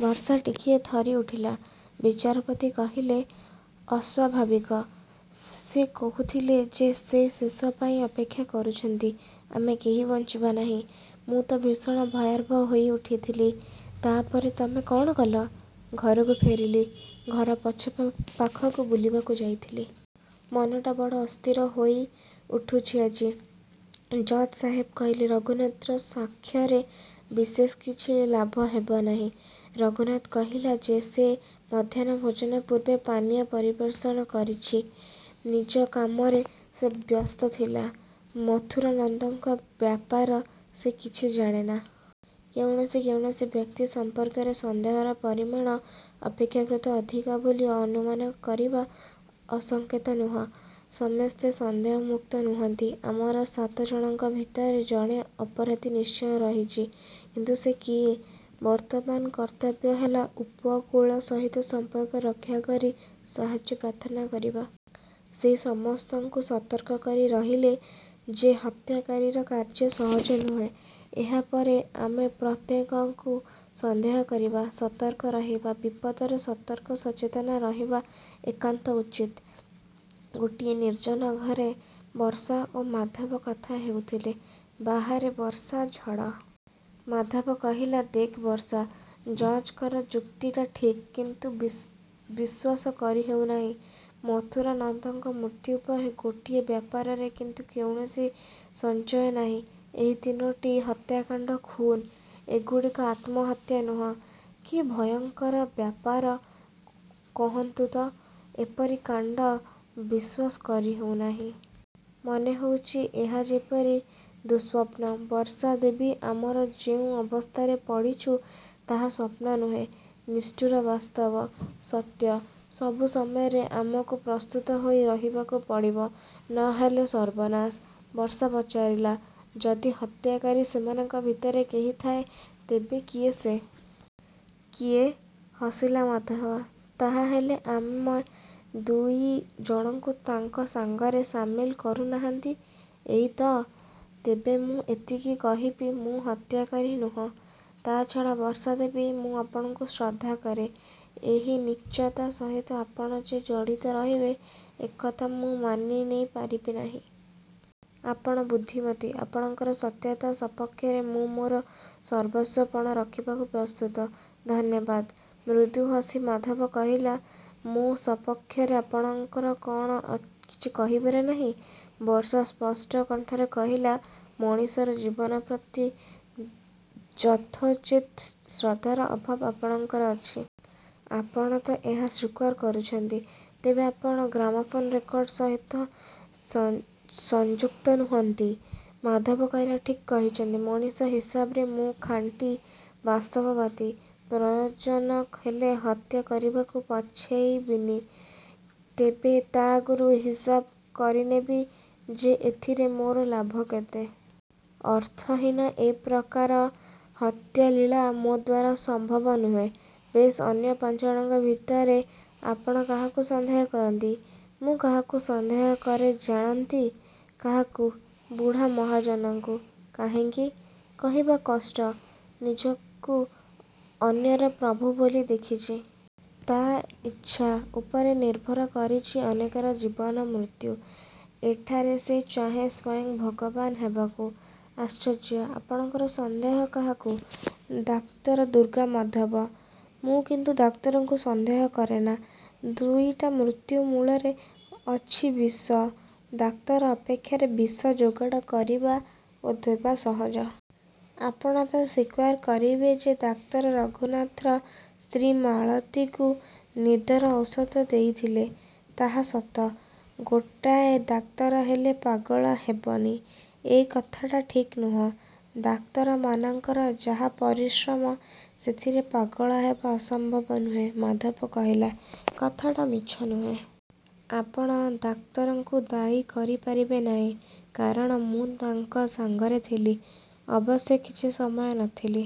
ବର୍ଷା ଟିକିଏ ଥରିଉଠିଲା। ବିଚାରପତି କହିଲେ, ଅସ୍ଵାଭାବିକ? ସେ କହୁଥିଲେ ଯେ ସେ ଶେଷ ପାଇଁ ଅପେକ୍ଷା କରୁଛନ୍ତି, ଆମେ କେହି ବଞ୍ଚିବା ନାହିଁ। ମୁଁ ତ ଭୀଷଣ ଭୟାର୍ତ୍ତ ହୋଇଉଠିଥିଲି। ତା ପରେ ତମେ କ'ଣ କଲ? ଘରକୁ ଫେରିଲି। ଘର ପଛପାଖକୁ ବୁଲିବାକୁ ଯାଇଥିଲି। ମନଟା ବଡ଼ ଅସ୍ଥିର ହୋଇଉଠିଛି ଆଜି। ଜଜ୍ ସାହେବ କହିଲେ, ରଘୁନାଥର ସାକ୍ଷ୍ୟରେ ବିଶେଷ କିଛି ଲାଭ ହେବ ନାହିଁ। ରଘୁନାଥ କହିଲା ଯେ ସେ ମଧ୍ୟାହ୍ନ ଭୋଜନ ପୂର୍ବେ ପାନୀୟ ପରିବେଷଣ କରିଛି। ନିଜ କାମରେ ସେ ବ୍ୟସ୍ତ ଥିଲା। ମଥୁରାନନ୍ଦଙ୍କ ବ୍ୟାପାର ସେ କିଛି ଜାଣେନା। କୌଣସି କୌଣସି ବ୍ୟକ୍ତି ସମ୍ପର୍କରେ ସନ୍ଦେହର ପରିମାଣ ଅପେକ୍ଷାକୃତ ଅଧିକ ବୋଲି ଅନୁମାନ କରିବା ଅସଙ୍ଗତ ନୁହେଁ। ସମସ୍ତେ ସନ୍ଦେହମୁକ୍ତ ନୁହନ୍ତି। ଆମର ସାତ ଜଣଙ୍କ ଭିତରେ ଜଣେ ଅପରାଧୀ ନିଶ୍ଚୟ ରହିଛି। କିନ୍ତୁ ସେ କିଏ? ବର୍ତ୍ତମାନ କର୍ତ୍ତବ୍ୟ ହେଲା ଉପକୂଳ ସହିତ ସମ୍ପର୍କ ରକ୍ଷା କରି ସାହାଯ୍ୟ ପ୍ରାର୍ଥନା କରିବା। ସେ ସମସ୍ତଙ୍କୁ ସତର୍କ କରି କହିଲେ ଯେ ହତ୍ୟାକାରୀର କାର୍ଯ୍ୟ ସହଜ ନୁହେଁ। ଏହା ପରେ ଆମେ ପ୍ରତ୍ୟେକକୁ ସନ୍ଦେହ କରିବା। ସତର୍କ ରହିବା। ବିପଦରେ ସତର୍କ ସଚେତନ ରହିବା ଏକାନ୍ତ ଉଚିତ। ଗୋଟିଏ ନିର୍ଜନ ଘରେ ବର୍ଷା ଓ ମାଧବ କଥା ହେଉଥିଲେ। ବାହାରେ ବର୍ଷା, ଝଡ଼। ମାଧବ କହିଲା, ଦେଖ ବର୍ଷା, ଜଜ୍ ଙ୍କର ଯୁକ୍ତିଟା ଠିକ୍, କିନ୍ତୁ ବି ବିଶ୍ଵାସ କରିହେଉନାହିଁ। ମଥୁରାନନ୍ଦଙ୍କ ମୃତ୍ୟୁ ପରେ ଗୋଟିଏ ବ୍ୟାପାରରେ କିନ୍ତୁ କୌଣସି ସଂଞ୍ଚୟ ନାହିଁ, ଏହି ତିନୋଟି ହତ୍ୟାକାଣ୍ଡ ଖୁନ୍। ଏଗୁଡ଼ିକ ଆତ୍ମହତ୍ୟା ନୁହଁ। କି ଭୟଙ୍କର ବ୍ୟାପାର କହନ୍ତୁ ତ! ଏପରି କାଣ୍ଡ ବିଶ୍ୱାସ କରିହେଉନାହିଁ। ମନେହେଉଛି ଏହା ଯେପରି ଦୁଃସ୍ୱପ୍ନ। ବର୍ଷା ଦେବୀ, ଆମେ ଯେଉଁ ଅବସ୍ଥାରେ ପଡ଼ିଛୁ ତାହା ସ୍ୱପ୍ନ ନୁହେଁ, ନିଷ୍ଠୁର ବାସ୍ତବ, ସତ୍ୟ। ସବୁ ସମୟରେ ଆମକୁ ପ୍ରସ୍ତୁତ ହୋଇ ରହିବାକୁ ପଡ଼ିବ। ନ ହେଲେ ସର୍ବନାଶ। ବର୍ଷା ପଚାରିଲା, ଯଦି ହତ୍ୟାକାରୀ ସେମାନଙ୍କ ଭିତରେ କେହି ଥାଏ, ତେବେ କିଏ ସେ? କିଏ? ହସିଲା ମାଧବ, ତାହା ହେଲେ ଆମେ ଦୁଇ ଜଣଙ୍କୁ ତାଙ୍କ ସାଙ୍ଗରେ ସାମିଲ କରୁନାହାନ୍ତି, ଏଇ ତ! ତେବେ ମୁଁ ଏତିକି କହିବି, ମୁଁ ହତ୍ୟାକାରୀ ନୁହେଁ। ତା ଛଡ଼ା ବର୍ଷା ଦେବୀ, ମୁଁ ଆପଣଙ୍କୁ ଶ୍ରଦ୍ଧା କରେ। ଏହି ନୀଚତା ସହିତ ଆପଣ ଯେ ଜଡ଼ିତ ରହିବେ ଏ କଥା ମୁଁ ମାନିନେଇପାରିବି ନାହିଁ। ଆପଣ ବୁଦ୍ଧିମତୀ, ଆପଣଙ୍କର ସତ୍ୟତା ସପକ୍ଷରେ ମୁଁ ମୋର ସର୍ବସ୍ୱ ପଣ ରଖିବାକୁ ପ୍ରସ୍ତୁତ। ଧନ୍ୟବାଦ। ମୃଦୁ ହସି ମାଧବ କହିଲା, ମୋ ସପକ୍ଷରେ ଆପଣଙ୍କର କ'ଣ କିଛି କହିବାର ନାହିଁ? ବର୍ଷା ସ୍ପଷ୍ଟ କଣ୍ଠରେ କହିଲା, ମଣିଷର ଜୀବନ ପ୍ରତି ଯଥୋଚିତ ଶ୍ରଦ୍ଧାର ଅଭାବ ଆପଣଙ୍କର ଅଛି। ଆପଣ ତ ଏହା ସ୍ଵୀକାର କରୁଛନ୍ତି। ତେବେ ଆପଣ ଗ୍ରାମୋଫୋନ ରେକର୍ଡ଼ ସହିତ ସଂ ସଂଯୁକ୍ତ ନୁହନ୍ତି। ମାଧବ କହିଲା, ଠିକ୍ କହିଛନ୍ତି। ମଣିଷ ହିସାବରେ ମୁଁ ଖାଣ୍ଟି ବାସ୍ତବବାଦୀ। ପ୍ରୟୋଜନ ହେଲେ ହତ୍ୟା କରିବାକୁ ପଛେଇଯିବିନି। ତେବେ ତା ଆଗରୁ ହିସାବ କରିନେବି ଯେ ଏଥିରେ ମୋର ଲାଭ କେତେ। ଅର୍ଥହୀନ ଏ ପ୍ରକାର ହତ୍ୟାଲୀଳା ମୋ ଦ୍ଵାରା ସମ୍ଭବ ନୁହେଁ। ବେଶ୍, ଅନ୍ୟ ପାଞ୍ଚ ଜଣଙ୍କ ଭିତରେ ଆପଣ କାହାକୁ ସନ୍ଦେହ କରନ୍ତି? ମୁଁ କାହାକୁ ସନ୍ଦେହ କରେ, ଜାଣନ୍ତି? କାହାକୁ? ବୁଢ଼ା ମହାଜନକୁ। କାହିଁକି? କହିବା କଷ୍ଟ। ନିଜକୁ ଅନ୍ୟର ପ୍ରଭୁ ବୋଲି ଦେଖିଚି। ତା ଇଚ୍ଛା ଉପରେ ନିର୍ଭର କରିଛି ଅନେକର ଜୀବନ ମୃତ୍ୟୁ। ଏଠାରେ ସେ ଚାହେଁ ସ୍ୱୟଂ ଭଗବାନ ହେବାକୁ। ଆଶ୍ଚର୍ଯ୍ୟ! ଆପଣଙ୍କର ସନ୍ଦେହ କାହାକୁ? ଡାକ୍ତର ଦୁର୍ଗାମାଧବ। ମୁଁ କିନ୍ତୁ ଡାକ୍ତରକୁ ସନ୍ଦେହ କରେନା। ଦୁଇଟା ମୃତ୍ୟୁ ମୂଳରେ ଅଛି ବିଷ। ଡାକ୍ତର ଅପେକ୍ଷାରେ ବିଷ ଯୋଗାଡ଼ କରିବା ଓ ଦେବା ସହଜ। ଆପଣ ତ ସ୍ୱୀକାର କରିବେ ଯେ ଡାକ୍ତର ରଘୁନାଥର ସ୍ତ୍ରୀ ମାଳତୀକୁ ନିଦର ଔଷଧ ଦେଇଥିଲେ। ତାହା ସତ। ଗୋଟାଏ ଡାକ୍ତର ହେଲେ ପାଗଳା ହେବନି ଏ କଥା ତ ଠିକ୍ ନୁହେଁ। ଡାକ୍ତରମାନଙ୍କର ଯାହା ପରିଶ୍ରମ ସେଥିରେ ପାଗଳା ହେବା ଅସମ୍ଭବ ନୁହେଁ। ମାଧବ କହିଲା, କଥାଟା ମିଛ ନୁହେଁ। ଆପଣ ଡାକ୍ତରଙ୍କୁ ଦାୟୀ କରିପାରିବେ ନାହିଁ, କାରଣ ମୁଁ ତାଙ୍କ ସାଙ୍ଗରେ ଥିଲି। ଅବଶ୍ୟ କିଛି ସମୟ ନ ଥିଲି।